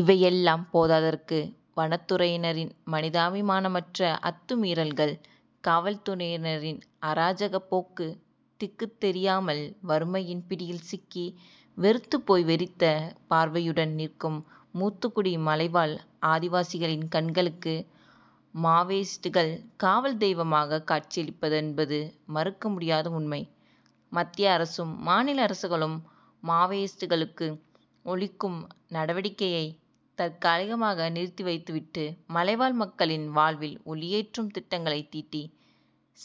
இவையெல்லாம் போதாதற்கு வனத்துறையினரின் மனிதாபிமானமற்ற அத்துமீறல்கள். காவல்துறையினரின் அராஜகப் போக்கு திக்குத் தெரியாமல் வறுமையின் பிடியில் சிக்கி வெறுத்துப்போய் வெறித்த பார்வையுடன் நிற்கும் மூத்தகுடி மலைவாழ் ஆதிவாசிகளின் கண்களுக்கு மாவோயிஸ்ட்கள் காவல் தெய்வமாகக் காட்சியளிப்பதென்பது மறுக்க முடியாத உண்மை. மத்திய அரசும் மாநில அரசுகளும் மாவோயிஸ்டுகளை ஒழிக்கும் நடவடிக்கையைத் தற்காலிகமாக நிறுத்திவைத்துவிட்டு மலைவாழ் மக்களின் வாழ்வில் ஒளியேற்றும் திட்டங்களைத் தீட்டி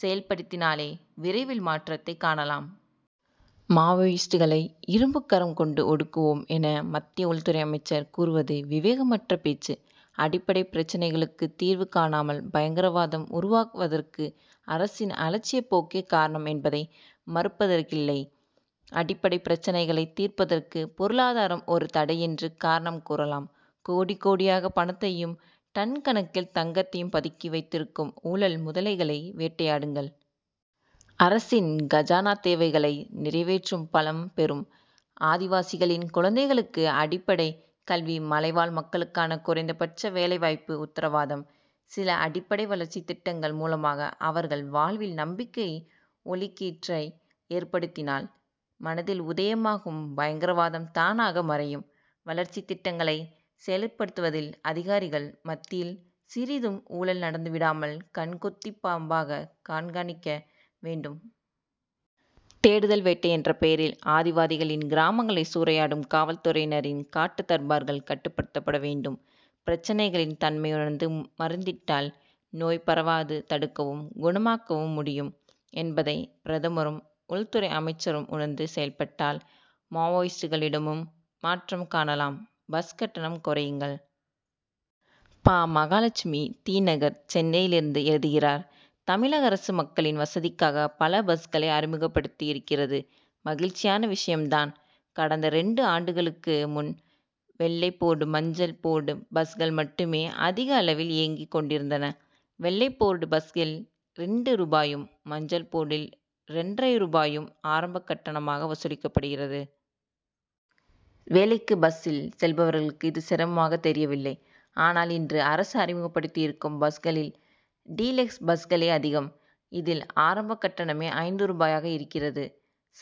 செயல்படுத்தினாலே விரைவில் மாற்றத்தைக் காணலாம். மாவோயிஸ்டுகளை இரும்புக் கரம் கொண்டு ஒடுக்குவோம் என மத்திய உள்துறை அமைச்சர் கூறுவது விவேகமற்ற பேச்சு. அடிப்படை பிரச்னைகளுக்குத் தீர்வு காணாமல் பயங்கரவாதம் உருவாக்குவதற்கு அரசின் அலட்சியப் போக்கே காரணம் என்பதை மறுப்பதற்கில்லை. அடிப்படைப் பிரச்னைகளைத் தீர்ப்பதற்கு பொருளாதாரம் ஒரு தடையென்று காரணம் கூறலாம். கோடி கோடியாகப் பணத்தையும் டன் கணக்கில் தங்கத்தையும் பதுக்கி வைத்திருக்கும் ஊழல் முதலைகளை வேட்டையாடுங்கள். அரசின் கஜானா தேவைகளை நிறைவேற்றும் பலம் பெறும். ஆதிவாசிகளின் குழந்தைகளுக்கு அடிப்படைக் கல்வி மலைவாழ் மக்களுக்கான குறைந்தபட்ச வேலை வாய்ப்பு உத்தரவாதம். சில அடிப்படை வளர்ச்சித் திட்டங்கள் மூலமாக அவர்கள் வாழ்வில் நம்பிக்கை ஒளிக்கீற்றை ஏற்படுத்தினால் மனதில் உதயமாகும் பயங்கரவாதம் தானாக மறையும். வளர்ச்சித் திட்டங்களை செயல்படுத்துவதில் அதிகாரிகள் மத்தியில் சிறிதும் ஊழல் நடந்துவிடாமல் கண் கொத்திப் பாம்பாகக் கண்காணிக்க வேண்டும். தேடுதல் வேட்டை என்ற பெயரில் ஆதிவாதிகளின் கிராமங்களை சூறையாடும் காவல் துறையினரின் காட்டு தர்பார்கள் கட்டுப்படுத்தப்பட வேண்டும். பிரச்னைகளின் தன்மையுணர்ந்து மருந்திட்டால் நோய் பரவாது தடுக்கவும் குணமாக்கவும் முடியும் என்பதைப் பிரதமரும் உள்துறை அமைச்சரும் உணர்ந்து செயல்பட்டால் மாவோயிஸ்டுகளிடமும் மாற்றம் காணலாம். பஸ் கட்டணம் குறையுங்கள்! பா. மகாலட்சுமி தி. நகர் சென்னையிலிருந்து எழுதுகிறார் தமிழக அரசு மக்களின் வசதிக்காக பல பஸ்களை அறிமுகப்படுத்தியிருக்கிறது மகிழ்ச்சியான விஷயம் தான். கடந்த இரண்டு ஆண்டுகளுக்கு முன் வெள்ளை போர்டு மஞ்சள் போர்டு பஸ்கள் மட்டுமே அதிக அளவில் இயங்கிக் கொண்டிருந்தன. வெள்ளை போர்டு பஸ்சில் இரண்டு ரூபாயும் மஞ்சள் போர்டில் இரண்டரை ரூபாயும் ஆரம்பக் கட்டணமாக வசூலிக்கப்படுகிறது. வேலைக்கு பஸ்சில் செல்பவர்களுக்கு இது சிரமமாக தெரியவில்லை. ஆனால் இன்று அரசு அறிமுகப்படுத்தியிருக்கும் பஸ்களில் டீலக்ஸ் பஸ்களே அதிகம். இதில் ஆரம்பக் கட்டணமே ஐந்து ரூபாயாக இருக்கிறது.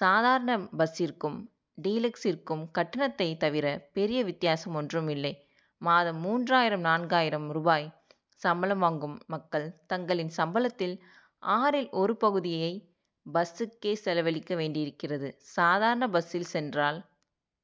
சாதாரண பஸ்சிற்கும் டீலக்சிற்கும் கட்டணத்தை தவிர பெரிய வித்தியாசம் ஒன்றும் இல்லை. மாதம் மூன்றாயிரம் நான்காயிரம் ரூபாய் சம்பளம் வாங்கும் மக்கள் தங்களின் சம்பளத்தில் ஆறில் ஒரு பகுதியை பஸ்சுக்கே செலவழிக்க வேண்டியிருக்கிறது. சாதாரண பஸ்சில் சென்றால்